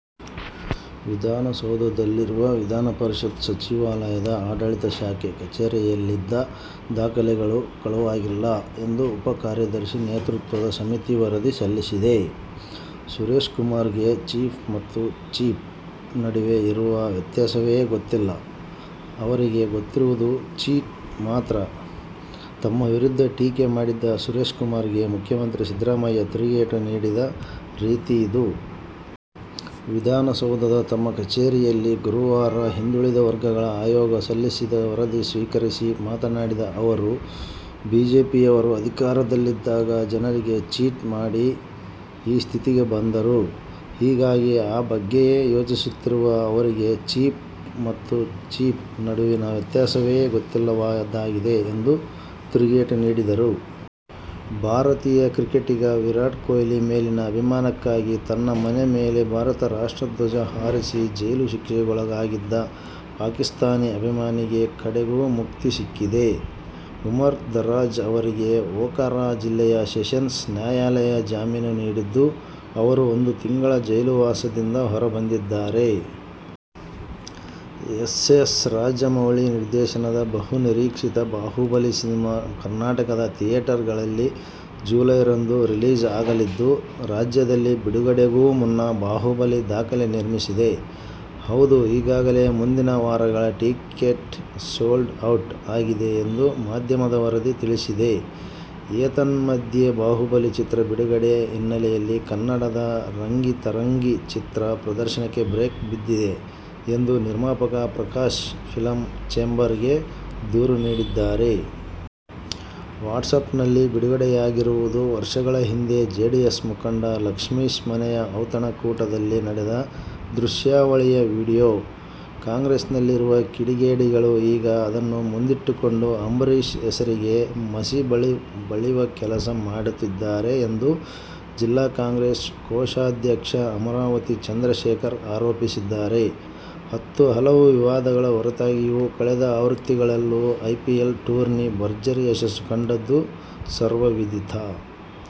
ವಿಧಾನಸೌಧದಲ್ಲಿರುವ ವಿಧಾನಪರಿಷತ್ ಸಚಿವಾಲಯದ ಆಡಳಿತ ಶಾಖೆ ಕಚೇರಿಯಲ್ಲಿದ್ದ ದಾಖಲೆಗಳು ಕಳುವಾಗಿಲ್ಲ ಎಂದು ಉಪ ಕಾರ್ಯದರ್ಶಿ ನೇತೃತ್ವದ ಸಮಿತಿ ವರದಿ ಸಲ್ಲಿಸಿದೆ. ಸುರೇಶ್ಕುಮಾರ್ಗೆ "ಚೀಫ್' ಮತ್ತು "ಚೀಪ್' ನಡುವೆ ಇರುವ ವ್ಯತ್ಯಾಸವೇ ಗೊತ್ತಿಲ್ಲ. ಅವರಿಗೆ ಗೊತ್ತಿರುವುದು "ಚೀಟ್' ಮಾತ್ರ. ತಮ್ಮ ವಿರುದ್ಧ ಟೀಕೆ ಮಾಡಿದ್ದ ಸುರೇಶ್ಕುಮಾರ್ಗೆ ಮುಖ್ಯಮಂತ್ರಿ ಸಿದ್ದರಾಮಯ್ಯ ತಿರುಗೇಟು ನೀಡಿದ ರೀತಿಯಿದು. ವಿಧಾನಸೌಧದ ತಮ್ಮ ಕಚೇರಿಯಲ್ಲಿ ಗುರುವಾರ ಹಿಂದುಳಿದ ವರ್ಗಗಳ ಆಯೋಗ ಸಲ್ಲಿಸಿದ ವರದಿ ಸ್ವೀಕರಿಸಿ ಮಾತನಾಡಿದ ಅವರು, ಬಿಜೆಪಿಯವರು ಅಧಿಕಾರದಲ್ಲಿದ್ದಾಗ ಜನರಿಗೆ ಚೀಟ್ ಮಾಡಿ ಈ ಸ್ಥಿತಿಗೆ ಬಂದರು. ಹೀಗಾಗಿ ಆ ಬಗ್ಗೆಯೇ ಯೋಚಿಸುತ್ತಿರುವ ಅವರಿಗೆ ಚೀಫ್ ಮತ್ತು ಚೀಪ್ ನಡುವಿನ ವ್ಯತ್ಯಾಸವೇ ಗೊತ್ತಿಲ್ಲದಾಗಿದೆ ಎಂದು ತಿರುಗೇಟು ನೀಡಿದರು. ಭಾರತೀಯ ಕ್ರಿಕೆಟಿಗ ವಿರಾಟ್ ಕೊಹ್ಲಿ ಮೇಲಿನ ಅಭಿಮಾನಕ್ಕಾಗಿ ತನ್ನ ಮನೆ ಮೇಲೆ ಭಾರತದ ರಾಷ್ಟ್ರಧ್ವಜ ಹಾರಿಸಿ ಜೈಲು ಶಿಕ್ಷೆಗೊಳಗಾಗಿದ್ದ ಪಾಕಿಸ್ಥಾನಿ ಅಭಿಮಾನಿಗೆ ಕಡೆಗೂ ಮುಕ್ತಿ ಸಿಕ್ಕಿದೆ. ಉಮರ್ ದರಾಜ್ ಅವರಿಗೆ ಒಕಾರಾ ಜಿಲ್ಲೆಯ ಸೆಷನ್ಸ್ ನ್ಯಾಯಾಲಯ ಜಾಮೀನು ನೀಡಿದ್ದು, ಅವರು ಒಂದು ತಿಂಗಳ ಜೈಲುವಾಸದಿಂದ ಹೊರಬಂದಿದ್ದಾರೆ. ಎಸ್. ಎಸ್. ರಾಜಮೌಳಿ ನಿರ್ದೇಶನದ ಬಹುನಿರೀಕ್ಷಿತ ಬಾಹುಬಲಿ ಸಿನಿಮಾ ಕರ್ನಾಟಕದ ಥಿಯೇಟರ್ ಗಳಲ್ಲಿ ಜುಲೈ ರಂದು ರಿಲೀಸ್ ಆಗಲಿದ್ದು, ರಾಜ್ಯದಲ್ಲಿ ಬಿಡುಗಡೆಗೂ ಮುನ್ನ ಬಾಹುಬಲಿ ದಾಖಲೆ ನಿರ್ಮಿಸಿದೆ. ಹೌದು ಈಗಾಗಲೇ ಮುಂದಿನ ವಾರಗಳ ಟಿಕೆಟ್ ಸೋಲ್ಡ್ ಔಟ್ ಆಗಿದೆ ಎಂದು ಮಾಧ್ಯಮದ ವರದಿ ತಿಳಿಸಿದೆ. ಏತನ್ಮಧ್ಯೆ ಬಾಹುಬಲಿ ಚಿತ್ರ ಬಿಡುಗಡೆ ಹಿನ್ನೆಲೆಯಲ್ಲಿ ಕನ್ನಡದ ರಂಗಿತರಂಗ ಚಿತ್ರ ಪ್ರದರ್ಶನಕ್ಕೆ ಬ್ರೇಕ್ ಬಿದ್ದಿದೆ ಎಂದು ನಿರ್ಮಾಪಕ ಪ್ರಕಾಶ್ ಫಿಲಂ ಚೇಂಬರ್ ಗೆ ದೂರು ನೀಡಿದ್ದಾರೆ. ವಾಟ್ಸಪ್ನಲ್ಲಿ ಬಿಡುಗಡೆಯಾಗಿರುವುದು ವರ್ಷಗಳ ಹಿಂದೆ ಜೆಡಿಎಸ್ ಮುಖಂಡ ಲಕ್ಷ್ಮೀಶ್ ಮನೆಯ ಔತಣ ಕೂಟದಲ್ಲಿ ನಡೆದ ದೃಶ್ಯಾವಳಿಯ ವಿಡಿಯೋ. ಕಾಂಗ್ರೆಸ್ನಲ್ಲಿರುವ ಕಿಡಿಗೇಡಿಗಳು ಈಗ ಅದನ್ನು ಮುಂದಿಟ್ಟುಕೊಂಡು ಅಂಬರೀಶ್ ಹೆಸರಿಗೆ ಮಸಿ ಬಳಿವ ಕೆಲಸ ಮಾಡುತ್ತಿದ್ದಾರೆ ಎಂದು ಜಿಲ್ಲಾ ಕಾಂಗ್ರೆಸ್ ಕೋಶಾಧ್ಯಕ್ಷ ಅಮರಾವತಿ ಚಂದ್ರಶೇಖರ್ ಆರೋಪಿಸಿದ್ದಾರೆ. ಹತ್ತು ಹಲವು ವಿವಾದಗಳ ಹೊರತಾಗಿಯೂ ಕಳೆದ ಆವೃತ್ತಿಗಳಲ್ಲೂ ಐಪಿಎಲ್ ಟೂರ್ನಿ ಭರ್ಜರಿ ಯಶಸ್ಸು ಕಂಡದ್ದು ಸರ್ವವಿಧಿತ.